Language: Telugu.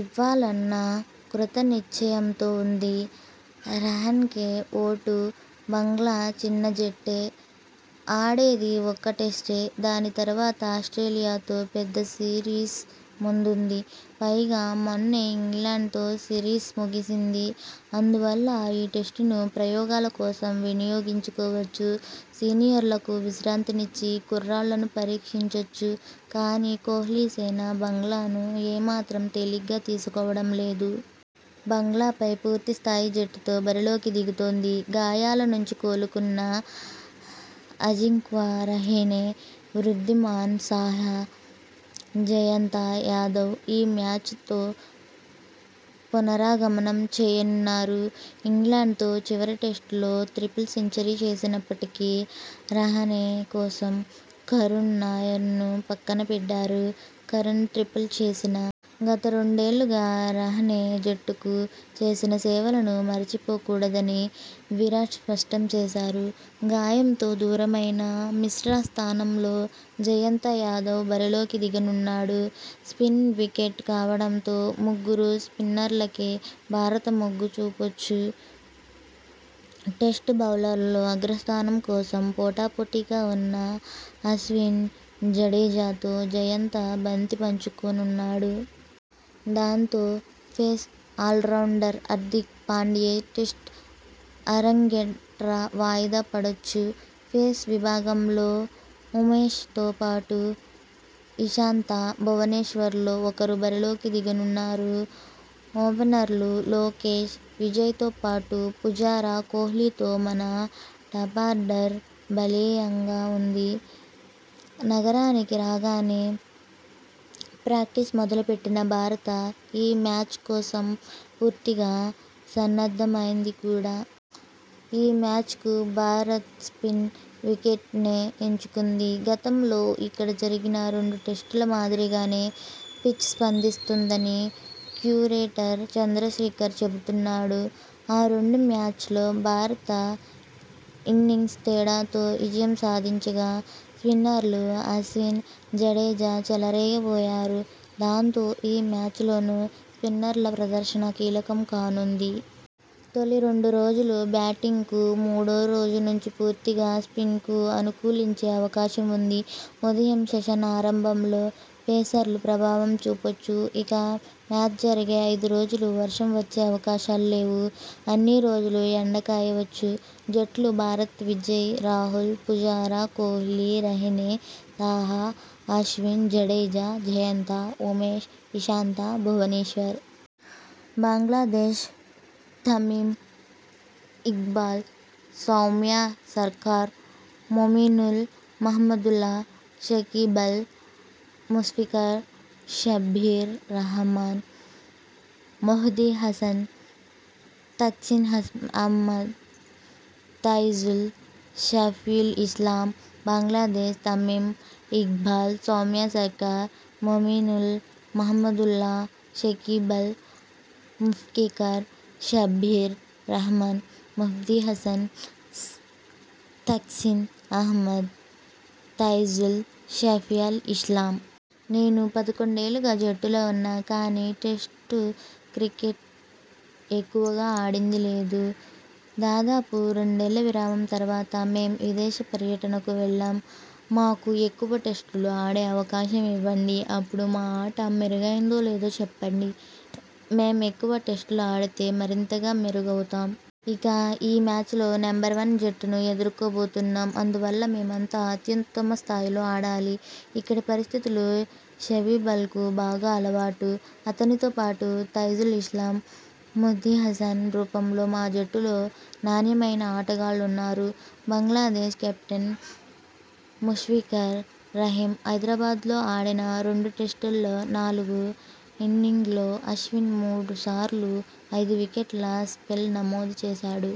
ఇవ్వాలన్న కృత నిశ్చయంతో ఉంది. రహానెకే ఓటు బంగ్లా చిన్నజట్టే. ఆడేది ఒక్క టెస్టే. దాని తర్వాత ఆస్ట్రేలియాతో పెద్ద సిరీస్ ముందుంది. పైగా, మొన్నే ఇంగ్లండ్తో సిరీస్ ముగిసింది. అందువల్ల ఈ టెస్టును ప్రయోగాల కోసం వినియోగించుకోవచ్చు సీనియర్లకు విశ్రాంతినిచ్చి, కుర్రాళ్లను పరీక్షించొచ్చు. కానీ, కోహ్లీసేన బంగ్లాను ఏ మాత్రం తేలిగ్గా తీసుకోవడం లేదు. బంగ్లాపై పూర్తి స్థాయి జట్టుతో బరిలోకి దిగుతోంది. గాయాల నుంచి కోలుకున్న అజింక్యా రహానె, వృద్ధిమాన్ సాహా, జయంత యాదవ్ ఈ మ్యాచ్తో పునరాగమనం చేయనున్నారు. ఇంగ్లండ్తో చివరి టెస్టులో ట్రిపుల్ సెంచరీ చేసినప్పటికీ రహానె కోసం కరుణ్ నాయర్ను పక్కనబెట్టారు. కరుణ్ ట్రిపుల్ చేసినా.. గత రెండేళ్లుగా రహానె జట్టుకు చేసిన సేవలను మరచిపోకూడదని విరాట్ స్పష్టం చేశాడు. గాయంతో దూరమైన మిశ్రా స్థానంలో జయంత యాదవ్ బరిలోకి దిగనున్నాడు. స్పిన్ వికెట్ కావడంతో ముగ్గురు స్పిన్నర్లకే భారత మొగ్గు చూపొచ్చు. టెస్టు బౌలర్లలో అగ్రస్థానం కోసం పోటాపోటీగా ఉన్న అశ్విన్, జడేజాతో జయంత బంతి పంచుకోనున్నాడు. దాంతో, pace all rounder Hardik Pandya test అరంగేట్రం వాయిదా పడొచ్చు. పేస్ విభాగంలో ఉమే్ష తో పాటు ఇషాంత, భువనేశ్వర్లో ఒకరు బరిలోకి దిగనున్నారు. ఓపెనర్లు లోకేశ్, విజయ్తో పాటు పుజారా, కోహ్లీతో మన టాపార్డర్ బలీయంగా ఉంది. నగరానికి రాగానే ప్రాక్టీస్ మొదలెట్టిన భారత ఈ మ్యాచ్ కోసం పూర్తిగా సన్నద్ధమైంది కూడా. ఈ మ్యాచ్కు భారత్ స్పిన్ వికెట్నే ఎంచుకుంది. గతంలో ఇక్కడ జరిగిన రెండు టెస్టుల మాదిరిగానే పిచ్ స్పందిస్తుందని క్యూరేటర్ చంద్రశేఖర్ చెబుతున్నాడు. ఆ రెండు మ్యాచ్ల్లో భారత ఇన్నింగ్స్ తేడాతో విజయం సాధించగా.. స్పిన్నర్లు అశ్విన్, జడేజా చెలరేగిపోయారు. దాంతో, ఈ మ్యాచ్లోనూ స్పిన్నర్ల ప్రదర్శన కీలకం కానుం ది. తొలి రెండు రోజులు బ్యాటింగ్కు, మూడో రోజు నుంచి పూర్తిగా స్పిన్కు అనుకూలించే అవకాశం ఉంది. ఉదయం సెషన్ ఆరంభంలో పేసర్లు ప్రభావం చూపొచ్చు. ఇక, మ్యాచ్ జరిగే ఐదు రోజులూ వర్షం వచ్చే అవకాశాలు లేవు. అన్ని రోజులూ ఎండకాయవచ్చు. జట్లు భారత్ విజయ్, రాహుల్, పుజారా, కోహ్లీ, రహానె, సాహా, అశ్విన్, జడేజా, జయంత, ఉమేశ్, ఇషాంత/భువనేశ్వర్. బంగ్లాదేశ్ తమీమ్ ఇక్బాల్, సౌమ్య సర్కార్, మోమినుల్, మహ్మదుల్లా, షకీబల్, ముష్ఫికర్, షబ్బీర్ రహ్మాన్, మెహ్దీ హసన్, తస్కిన్ అహ్మద్, తైజుల్, షఫియుల్ ఇస్లాం. బంగ్లాదేశ్ తమీమ్ ఇక్బాల్, సౌమ్య సర్కార్, మోమినుల్, మహ్మదుల్లా, షకీబల్, ముష్ఫికర్, షబ్బీర్ రహ్మాన్, మెహ్దీ హసన్, తస్కిన్ అహ్మద్, తైజుల్, షఫియుల్ ఇస్లాం. నేను పదకొండేళ్లుగా జట్టులో ఉన్నా. కానీ, టెస్టు క్రికెట్ ఎక్కువగా ఆడింది లేదు. దాదాపు రెండేళ్ల విరామం తర్వాత మేం విదేశ పర్యటనకు వెళ్లాం. మాకు ఎక్కువ టెస్టులు ఆడే అవకాశం ఇవ్వండి. అప్పుడు మా ఆట మెరుగైందో లేదో చెప్పండి. మేం ఎక్కువ టెస్టులు ఆడితే మరింతగా మెరుగవుతాం. ఇక ఈ మ్యాచ్లో నెంబర్ వన్ జట్టును ఎదుర్కోబోతున్నాం. అందువల్ల మేమంతా అత్యుత్తమ స్థాయిలో ఆడాలి. ఇక్కడి పరిస్థితులు షకీబల్కు బాగా అలవాటు. అతనితోపాటు తైజుల్ ఇస్లాం, మోహ్దీ హసన్ రూపంలో మా జట్టులో నాణ్యమైన ఆటగాళ్లున్నారు. -బంగ్లాదేశ్ కెప్టెన్ ముష్ఫికర్ రహీమ్ హైదరాబాద్లో ఆడిన రెండు టెస్టుల్లో నాలుగు ఇన్నింగ్స్ల్లో అశ్విన్ మూడుసార్లు ఐదు వికెట్ల స్పెల్ నమోదు చేశాడు.